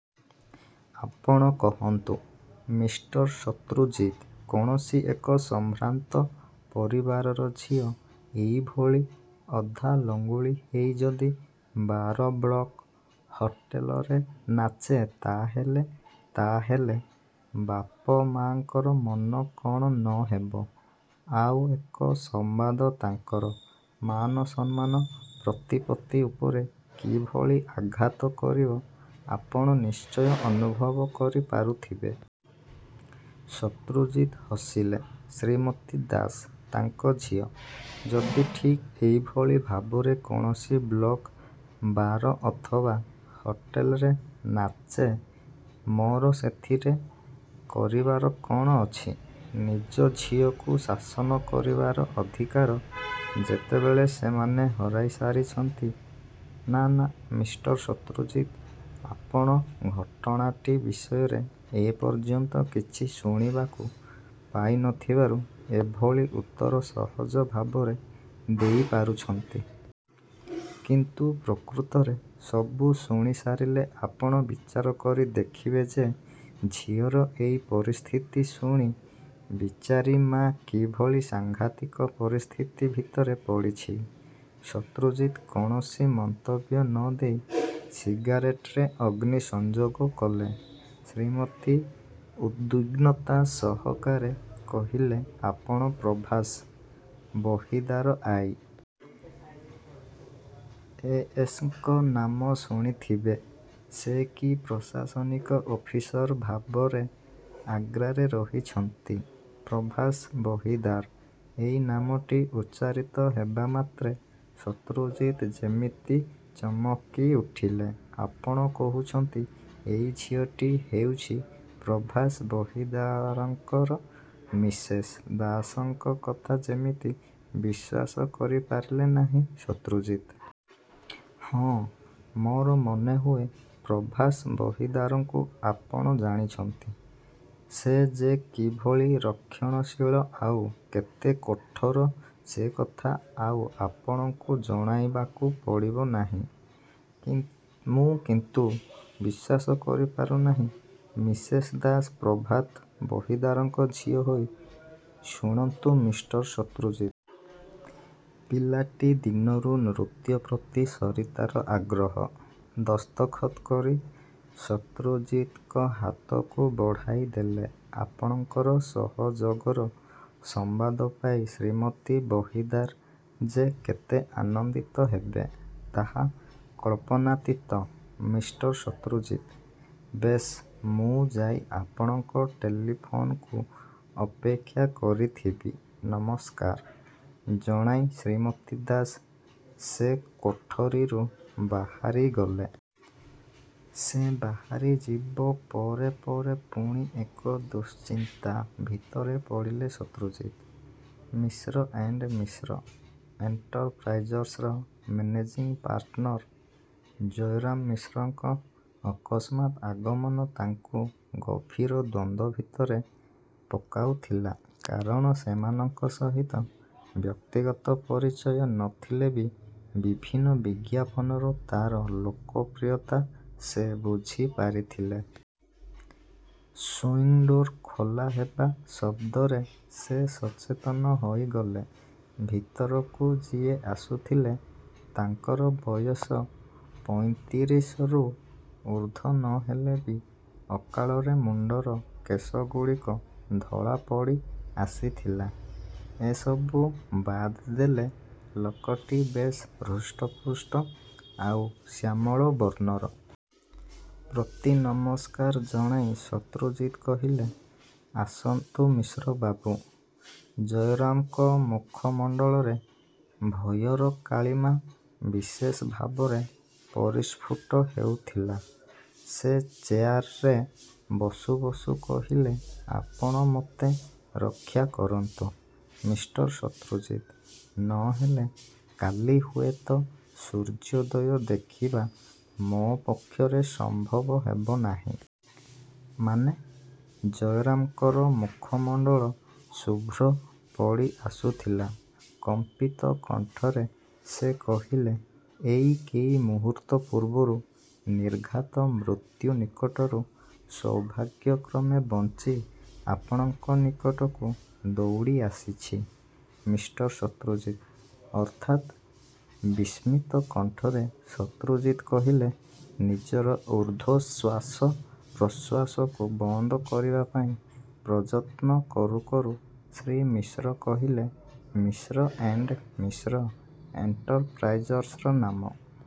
ଆପଣ କହନ୍ତୁ, ମିଷ୍ଟର ଶତ୍ରୁଜିତ୍ କୌଣସି ଏକ ସମ୍ଭ୍ରାନ୍ତ ପରିବାରର ଝିଅ, ଏଇଭଳି ଅଧାଲଙ୍ଗୁଳୀ ହେଇ ଯଦି ବାର—କ୍ଳବ—ହୋଟେଲରେ ନାଚେ, ତା ହେଲେ, ତା' ହେଲେ ବାପମାଆଙ୍କର ମନ କଣ ନ ହେବ! ଆଉ ଏକ ସମ୍ବାଦ ତାଙ୍କର ମାନସମ୍ମାନ, ପ୍ରତିପତ୍ତି ଉପରେ କିଭଳି ଆଘାତ କରିବ ଆପଣ ନିଶ୍ଚୟ ଅନୁଭବ କରିପାରୁଥିବେ। ଶତ୍ରୁଜିତ୍ ହସିଲେ—ଶ୍ରୀମତୀ ଦାସ! ତାଙ୍କ ଝିଅ ଯଦି ଠିକ୍ ଏଇଭଳି ଭାବରେ କୌଣସି କ୍ଲବ, ବାର ଅଥବା ହୋଟେଲରେ ନାଚେ ମୋର ସେଥିରେ କରିବାର କଣ ଅଛି? ନିଜ ଝିଅକୁ ଶାସନ କରିବାର ଅଧିକାର ଯେତେବେଳେ ସେମାନେ ହରାଇସାରିଛନ୍ତି ନା, ନା, ମିଷ୍ଟର ଶତ୍ରୁଜିତ୍! ଆପଣ ଘଟଣାଟି ବିଷୟରେ ଏପର୍ଯ୍ୟନ୍ତ କିଛି ଶୁଣିବାକୁ ପାଇ ନ ଥିବାରୁ ଏଭଳି ଉତ୍ତର ସହଜ ଭାବରେ ଦେଇପାରୁଛନ୍ତି। କିନ୍ତୁ ପ୍ରକୃତରେ ସବୁ ଶୁଣିସାରିଲେ ଆପଣ ବିଚାର କରି ଦେଖିବେ ଯେ ଝିଅର ଏଇ ପରିସ୍ଥିତି ଶୁଣି ବିଚାରୀ ମା କିଭଳି ସାଂଘାତିକ ପରିସ୍ଥିତି ଭିତରେ ପଡ଼ିଛି। ଶତ୍ରୁଜିତ୍ କୌଣସି ମନ୍ତବ୍ୟ ନ ଦେଇ ସିଗାରେଟରେ ଅଗ୍ନି ସଂଯୋଗ କଲେ। ଶ୍ରୀମତୀ ଉଦ୍ବିଗ୍ନତା ସହକାରେ କହିଲେ—ଆପଣ Prabhas Bahidar I. A. S. ଙ୍କ ନାମ ଶୁଣିଥିବେ, ସେ କି ପ୍ରଶାସନିକ ଅଫିସର ଭାବରେ ଆଗ୍ରାରେ ରହିଛନ୍ତି? ପ୍ରଭାସ ବହିଦାର... ଏଇ ନାମଟି ଉଚ୍ଚାରିତ ହେବାମାତ୍ରେ ଶତ୍ରୁଜିତ୍ ଯେମିତି ଚମକିଉଠିଲେ—ଆପଣ କହୁଛନ୍ତି, ଏଇ ଝିଅଟି ହେଉଛି ପ୍ରଭାସ ବହିଦାରଙ୍କର? ମିସେସ୍ ଦାସଙ୍କ କଥା ଯେମିତି ବିଶ୍ୱାସ କରିପାରିଲେ ନାହିଁ ଶତ୍ରୁଜିତ୍। ହଁ, ମୋର ମନେହୁଏ, ପ୍ରଭାସ ବହିଦାରଙ୍କୁ ଆପଣ ଜାଣିଛନ୍ତି। ସେ ଯେ କିଭଳି ରକ୍ଷଣଶୀଳ ଆଉ କେତେ କଠୋର ସେକଥା ଆଉ ଆପଣଙ୍କୁ ଜଣାଇବାକୁ ପଡ଼ିବ ନାହିଁ। ମୁଁ କିନ୍ତୁ ବିଶ୍ୱାସ କରିପାରୁନାହିଁ, ମିସେସ ଦାସ, ପ୍ରଭାତ ବହିଦାରଙ୍କ ଝିଅ ହୋଇ ଶୁଣନ୍ତୁ ମିଷ୍ଟର ଶତ୍ରୁଜିତ୍! ପିଲାଟି ଦିନରୁ ନୃତ୍ୟ ପ୍ରତି ସରିତାର ଆଗ୍ରହ। ଦସ୍ତଖତ୍ କରି ଶତ୍ରୁଜିତ୍ଙ୍କ ହାତକୁ ବଢ଼ାଇଦେଲେ। ଆପଣଙ୍କର ସହଯୋଗର ସମ୍ବାଦ ପାଇ ଶ୍ରୀମତୀ ବହିଦାର ଯେ କେତେ ଆନନ୍ଦିତ ହେବେ, ତାହା କଳ୍ପନାତୀତ, ମିଷ୍ଟର ଶତ୍ରୁଜିତ୍! ବେଶ୍, ମୁଁ ଯାଇ ଆପଣଙ୍କ ଟେଲିଫୋନ୍କୁ ଅପେକ୍ଷା କରିଥିବି। ନମସ୍କାର ଜଣାଇ ଶ୍ରୀମତୀ ଦାସ ସେ କୋଠରିରୁ ବାହାରିଗଲେ। ସେ ବାହାରିଯିବ ପରେ ପରେ ପୁଣି ଏକ ଦୁଶ୍ଚିନ୍ତା ଭିତରେ ପଡ଼ିଲେ ଶତ୍ରୁଜିତ୍। ମିଶ୍ର ଏଣ୍ତ୍ ମିଶ୍ର ଏଣ୍ଟରପ୍ରାଇଜର୍ସର ମେନେଜିଂ ପାର୍ଟନର ଜୟରାମ ମିଶ୍ରଙ୍କ ଅକସ୍ମାତ୍ ଆଗମନ ତାଙ୍କୁ ଗଭୀର ଦ୍ୱନ୍ଦ୍ୱ ଭିତରେ ପକାଉଥିଲା। କାରଣ ସେମାନଙ୍କ ସହିତ ବ୍ୟକ୍ତିଗତ ପରିଚୟ ନ ଥିଲେ ବି ବିଭିନ୍ନ ବିଜ୍ଞାପନରୁ ତାର ଲୋକପ୍ରିୟତା ସେ ବୁଝିପାରିଥିଲେ। ସୁଇଂଡୋର ଖୋଲା ହେବା ଶଦ୍ଦରେ ସେ ସଚେତନ ହୋଇଗଲେ। ଭିତରକୁ ଯିଏ ଆସୁଥିଲେ ତାଙ୍କର ବୟସ ୩୫ ରୁ ଊର୍ଦ୍ଧ୍ୱ ନ ହେଲେ ବି ଅକାଳରେ ମୁଣ୍ତର କେଶଗୁଡ଼ିକ ଧଳା ପଡ଼ିଆସିଥିଲା। ଏ ସବୁ ବାଦ୍ ଦେଲେ ଲୋକଟି ବେଶ୍ ହୃଷ୍ଟପୁଷ୍ଟ, ଆଉ ଶ୍ୟାମଳ ବର୍ଣ୍ଣର। ପ୍ରତିନମସ୍କାର ଜଣାଇ ଶତ୍ରୁଜିତ୍ କହିଲେ—ଆସନ୍ତୁ ମିଶ୍ରବାବୁ! ଜୟରାମଙ୍କ ମୁଖମଣ୍ତଳରେ ଭୟର କାଳିମା ବିଶେଷ ଭାବରେ ପରିସ୍ଫୁଟ ହେଉଥିଲା। ସେ ଚେୟାରରେ ବସୁ ବସୁ କହିଲେ—ଆପଣ ମୋତେ ରକ୍ଷା କରନ୍ତୁ, ମିଷ୍ଟର ଶତ୍ରୁଜିତ୍! ନ ହେଲେ କାଲି ହୁଏତ ସୂର୍ଯ୍ୟୋଦୟ ଦେଖିବା ମୋ ପକ୍ଷରେ ସମ୍ଭବ ହେବ ନାହିଁ। ମାନେ...? ଜୟରାମଙ୍କର ମୁଖମଣ୍ତଳ ଶୁଭ୍ର ପଡ଼ିଆସୁଥିଲା। କମ୍ପିତ କଣ୍ଠରେ ସେ କହିଲେ—ଏଇ କେଇ ମୁହୂର୍ତ୍ତ ପୂର୍ବରୁ ନିର୍ଘାତ ମୃତ୍ୟୁ ନିକଟରୁ ସୌଭାଗ୍ୟକ୍ରମେ ବଞ୍ଚି ଆପଣଙ୍କ ନିକଟକୁ ଦୌଡ଼ିଆସିଛି, ମିଷ୍ଟର ଶତ୍ରୁଜିତ୍! ଅର୍ଥାତ୍...? ବିସ୍ମିତ କଣ୍ଠରେ ଶତ୍ରୁଜିତ୍ କହିଲେ। ନିଜର ଊର୍ଦ୍ଧ୍ୱ ଶ୍ୱାସ ପ୍ରଶ୍ୱାସକୁ ବନ୍ଦ କରିବାପାଇଁ ପ୍ରଯତ୍ନ କରୁକରୁ ଶ୍ରୀ ମିଶ୍ର କହିଲେ—ମିଶ୍ର ଏଣ୍ତ୍ ମିଶ୍ର ଏଣ୍ଟରପ୍ରାଇଜର୍ସର ନାମ